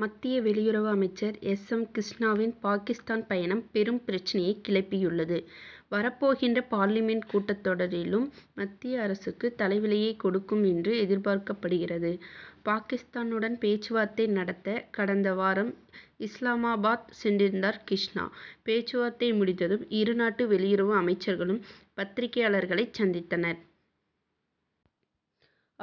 மத்திய வெளியுறவு அமைச்சர் எஸ். எம். கிருஷ்ணாவின் பாகிஸ்தான் பயணம் பெரும் பிரச்னையைக் கிளப்பியுள்ளது. வரப்போகின்ற பார்லிமென்ட் கூட்டத் தொடரிலும், மத்திய அரசுக்கு தலைவலியைக் கொடுக்கும் என்று எதிர்பார்க்கப்படுகிறது. பாகிஸ்தானுடன் பேச்சுவார்த்தை நடத்த கடந்த வாரம் இஸ்லாமாபாத் சென்றிருந்தார் கிருஷ்ணா. பேச்சுவார்த்தை முடிந்ததும், இருநாட்டு வெளியுறவு அமைச்சர்களும் பத்திரிகையாளர்களைச் சந்தித்தனர்.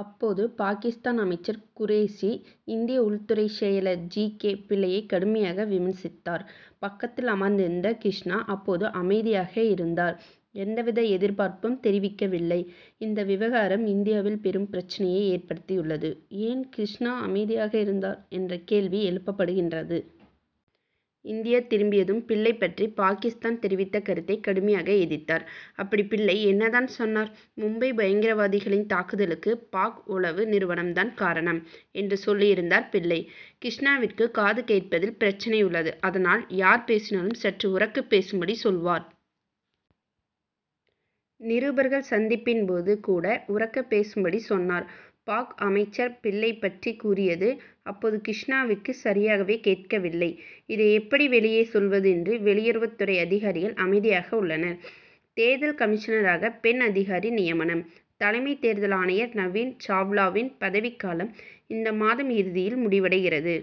அப்போது பாகிஸ்தான் அமைச்சர் குரேஷி, இந்திய உள்துறை செயலர் ஜி. கே. பிள்ளையை கடுமையாக விமர்சித்தார். பக்கத்தில் அமர்ந்திருந்த கிருஷ்ணா அப்போது அமைதியாக இருந்தார்; எந்தவித எதிர்ப்பும் தெரிவிக்கவில்லை. இந்த விவகாரம் இந்தியாவில் பெரும் பிரச்னையை ஏற்படுத்தியுள்ளது. ஏன் கிருஷ்ணா அமைதியாக இருந்தார் என்ற கேள்வி எழுப்பப்படுகின்றது. இந்தியா திரும்பியதும், பிள்ளை பற்றி பாகிஸ்தான் தெரிவித்த கருத்தை கடுமையாக எதிர்த்தார். அப்படி பிள்ளை என்ன தான் சொன்னார்? மும்பை பயங்கரவாதிகளின் தாக்குதலுக்கு பாக்., உளவு நிறுவனம் தான் காரணம்' என்று சொல்லியிருந்தார் பிள்ளை. கிருஷ்ணாவிற்கு காது கேட்பதில் பிரச்னை உள்ளது. அதனால், யார் பேசினாலும் சற்று உரக்க பேசும்படி சொல்வார். நிருபர்கள் சந்திப்பின் போது கூட உரக்க பேசும்படி சொன்னார். பாக்., அமைச்சர், பிள்ளை பற்றி கூறியது, அப்போது கிருஷ்ணாவிற்கு சரியாகவே கேட்கவில்லை. இதை எப்படி வெளியே சொல்வது என்று, வெளியுறவுத்துறை அதிகாரிகள் அமைதியாக உள்ளனர். தேர்தல் கமிஷனராக பெண் அதிகாரி நியமனம்? தலைமை தேர்தல் ஆணையர் நவீன் சாவ்லாவின் பதவிக் காலம், இந்த மாத இறுதியில் முடிவடைகிறது.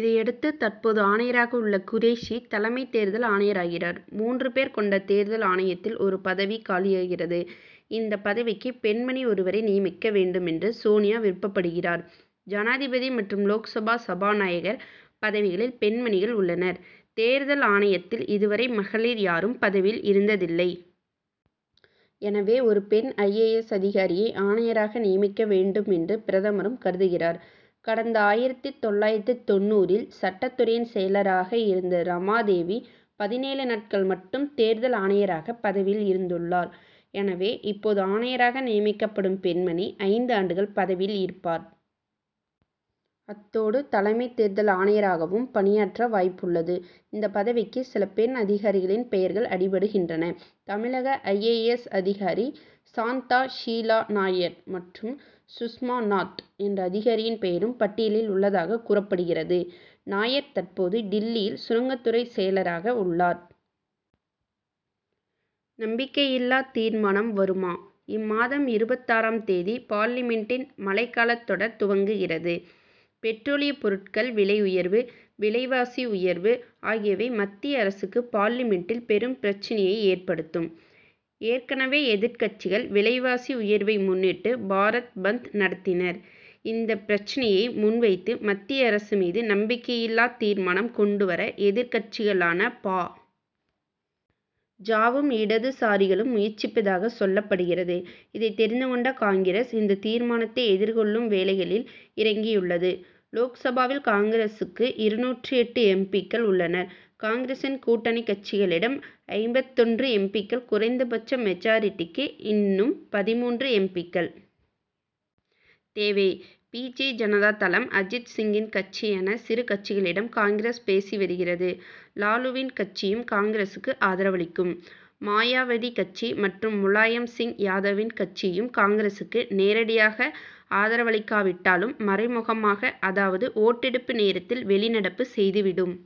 இதையடுத்து, தற்போது ஆணையராக உள்ள குரேஷி தலைமை தேர்தல் ஆணையராகிறார். மூன்று பேர் கொண்ட தேர்தல் ஆணையத்தில் ஒரு பதவி காலியாகிறது. இந்த பதவிக்கு பெண்மணி ஒருவரை நியமிக்க வேண்டும் என்று சோனியா விருப்பப்படுகிறார். ஜனாதிபதி மற்றும் லோக்சபா சபாநாயகர் பதவிகளில் பெண்மணிகள் உள்ளனர். தேர்தல் ஆணையத்தில் இதுவரை மகளிர் யாரும் பதவியில் இருந்ததில்லை. எனவே, ஒரு பெண் ஐ. ஏ. எஸ்., அதிகாரியை ஆணையராக நியமிக்க வேண்டும் என்று பிரதமரும் கருதுகிறார். கடந்த ஆயிரத்து தொள்ளாயிரத்து தொண்ணூறில் சட்டத்துறையின் செயலராக இருந்த ரமா தேவி, பதினேழு நாட்கள் மட்டும் தேர்தல் ஆணையராக பதவியில் இருந்துள்ளார். எனவே, இப்போது ஆணையராக நியமிக்கப்படும் பெண்மணி, ஐந்து ஆண்டுகள் பதவியில் இருப்பார். அத்தோடு தலைமை தேர்தல் ஆணையராகவும் பணியாற்ற வாய்ப்புள்ளது. இந்த பதவிக்கு சில பெண் அதிகாரிகளின் பெயர்கள் அடிபடுகின்றன. தமிழக ஐ. ஏ. எஸ்., அதிகாரி சாந்தா ஷீலா நாயர் மற்றும் சுஷ்மா நாத் என்ற அதிகாரியின் பெயரும் பட்டியலில் உள்ளதாகக் கூறப்படுகிறது. நாயர் தற்போது டில்லியில் சுரங்கத்துறை செயலராக உள்ளார். நம்பிக்கையில்லா தீர்மானம் வருமா? இம்மாதம் இருபத்தாறாம் தேதி பார்லிமென்டின் மழைக்காலத் தொடர் துவங்குகிறது. பெட்ரோலியப் பொருட்கள் விலை உயர்வு, விலைவாசி உயர்வு ஆகியவை மத்திய அரசுக்கு பார்லிமென்ட்டில் பெரும் பிரச்னையை ஏற்படுத்தும். ஏற்கனவே எதிர்க்கட்சிகள் விலைவாசி உயர்வை முன்னிட்டு, பாரத் பந்த் நடத்தினர். இந்த பிரச்னையை முன் வைத்து மத்திய அரசு மீது நம்பிக்கையில்லா தீர்மானம் கொண்டு வர எதிர்க்கட்சிகளான பா. ஜ.,வும், இடதுசாரிகளும் முயற்சிப்பதாகச் சொல்லப்படுகிறது. இதை தெரிந்து கொண்ட காங்கிரஸ் இந்த தீர்மானத்தை எதிர்க்கொள்ளும் வேலைகளில் இறங்கியுள்ளது. லோக்சபாவில் காங்கிரசுக்கு இருநூற்று எட்டு எம். பி.,க்கள் உள்ளனர். காங்கிரசின் கூட்டணி கட்சிகளிடம் ஐம்பத்தொன்று எம். பி.,க்கள். குறைந்த பட்ச மெஜாரிட்டிக்கு இன்னும் பதிமூன்று எம். பி.,க்கள் தேவை. பிஜு ஜனதா தளம், அஜித் சிங்கின் கட்சி என சிறு கட்சிகளிடம் காங்கிரஸ் பேசி வருகிறது. லாலுவின் கட்சியும் காங்கிரசுக்கு ஆதரவளிக்கும். மாயாவதி கட்சி மற்றும் முலாயம் சிங் யாதவின் கட்சியும் காங்கிரசுக்கு நேரடியாக ஆதரவளிக்காவிட்டாலும், மறைமுகமாக, அதாவது ஓட்டெடுப்பு நேரத்தில் வெளிநடப்பு செய்துவிடும்.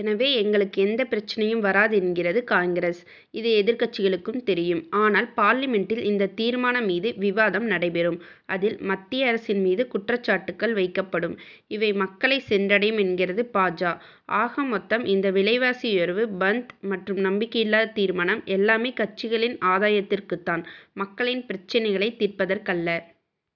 எனவே, எங்களுக்கு எந்த பிரச்னையும் வராது என்கிறது காங்கிரஸ். இது எதிர்க்கட்சிகளுக்கும் தெரியும். ஆனால், பார்லிமென்டில் இந்த தீர்மானம் மீது விவாதம் நடைபெறும். அதில், மத்திய அரசின் மீது குற்றச்சாட்டுகள் வைக்கப்படும். இவை மக்களை சென்றடையும் என்கிறது பா. ஜ., ஆக மொத்தம் இந்த விலைவாசி உயர்வு பந்த் மற்றும் நம்பிக்கையில்லா தீர்மானம் எல்லாமே, கட்சிகளின் ஆதாயத்திற்குத் தான், மக்களின் பிரச்னைகளை தீர்ப்பதற்கல்ல.